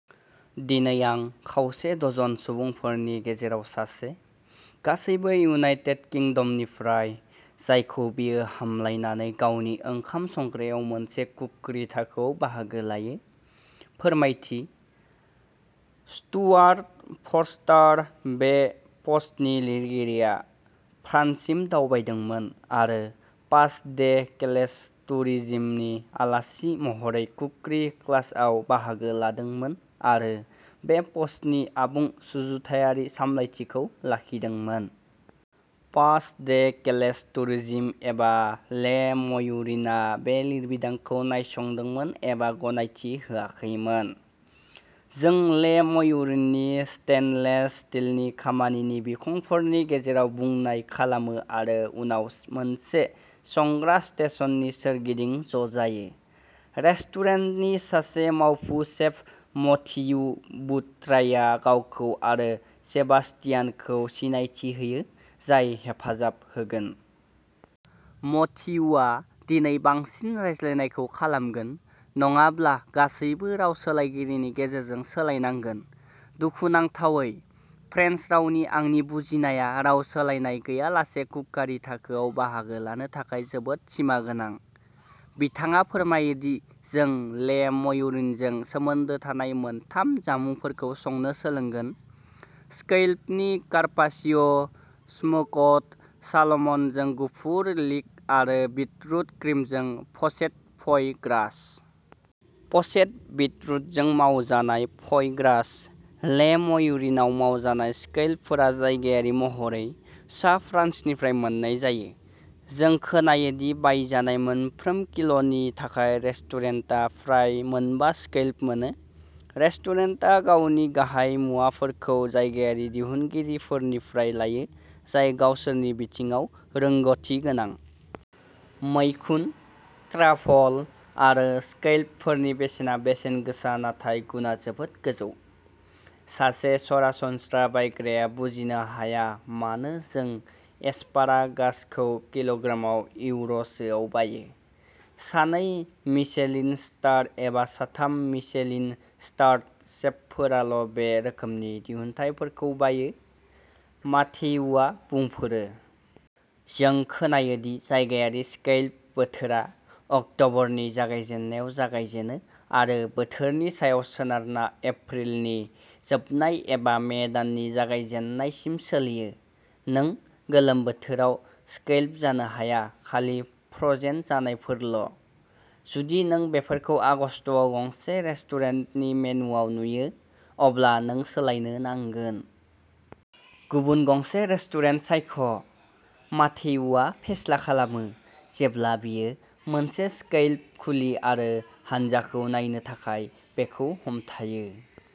दिनै आं खावसे डजन सुबुंफोरनि गेजेराव सासे, गासैबो इउनाइटेड किंडमनिफ्राय, जायखौ बियो हामलायनानै गावनि ओंखाम संग्रायाव मोनसे कुकरी थाखोआव बाहागो लायो। फोरमायथिः स्टुआर्ट फ'र्स्टार, बे पस्टनि लिरगिरिया, फ्रान्ससिम दावबायदोंमोन आरो पास डे केलेस टुरिजिमनि आलासि महरै कुकरी क्लासआव बाहागो लादोंमोन आरो बे पोस्टनि आबुं सुजुथायारि सामलायथिखौ लाखिदोंमोन। पास डे केलेस टुरिजिम एबा ले म्युरिनआ बे लिरबिदांखौ नायसंदोंमोन एबा गनायथि होआखैमोन। जों ले म्युरिननि स्टेइनलेस स्टीलनि खामानिनि बिखंफोरनि गेजेराव बुनाय खालामो आरो उनाव मोनसे संग्रा स्टेशननि सोरगिदिं ज'जायो। रेस्टुरेन्टनि सासे मावफुं सेफ मथियु बुट्रायआ गावखौ आरो सेबास्तियानखौ सिनायथि होयो, जाय हेफाजाब होगोन। मथियुआ दिनै बांसिन रायज्लायनायखौ खालामगोन, नङाब्ला गासैबो राव सोलायगिरिनि गेजेरजों सोलायनांगोन। दुखुनांथावै, फ्रेन्स रावनि आंनि बुजिनायआ राव सोलायनाय गैयालासे कुकारि थाखोआव बाहागो लानो थाखाय जोबोद सिमागोनां। बिथाङा फोरमायो दि जों ले म्युरिनजों सोमोन्दो थानाय मोनथाम जामुंफोरखौ संनो सोलोंगोनः स्कैलपनि कार्पाचियो, स्मोक्ड सालमनजों गुफुर लिक आरो बिटरुट क्रिमजों प'चेद फ'ई ग्रास। प'चेद बिटरुटजों मावजानाय फ'ई ग्रास। ले म्युरिनआव मावजानाय स्कैलपफोरा जायगायारि महरै, सा फ्रान्सनिफ्राय मोन्नाय जायो। जों खोनायो दि बायजानाय मोनफ्रोम किल'नि थाखाय रेस्टुरेन्टआ फ्राय मोनबा स्कैलप मोनो। रेस्टुरेन्टआ गावनि गाहाय मुवाफोरखौ जायगायारि दिहुनगिरिफोरनिफ्राय लायो, जाय गावसोरनि बिथिङाव रोंग'थि गोनां। "मैखुन, ट्राफल आरो स्कैलपफोरनि बेसेना बेसेन गोसा नाथाय गुनआ जोबोद गोजौ। सासे सरासनस्रा बायग्राया बुजिनो हाया मानो जों एसपारागासखौ किल'ग्रामाव इउर'सोआव बायो। सानै मिशेलिन-स्टार एबा साथाम मिशेलिन-स्टारड सेफफोराल'बे रोखोमनि दिहुनथायफोरखौ बायो", माथेयुआ बुंफोरो। जों खोनायो दि जायगायारि स्कैलप बोथोरा। अक्ट'बरनि जागायजेन्नायाव जागायजेनो आरो बोथोरनि सायाव सोनारना एप्रिलनि जोबनाय एबा मे दाननि जागायजेन्नायसिम सोलियो। "नों गोलोम बोथोराव स्कैलप जानो हाया-खालि फ्र'जेन जानायफोरल'। जुदि नों बेफोरखौ आगस्तआव गंसे रेस्टुरेन्टनि मेनुवाव नुयो, अब्ला नों सोलायनो नांगोन! गुबुन गंसे रेस्टुरेन्ट सायख'", माथेयुआ फेस्ला खालामो जेब्ला बियो मोनसे स्कैलप खुलि आरो हानजाखौ नायनो थाखाय बेखौ हमथायो।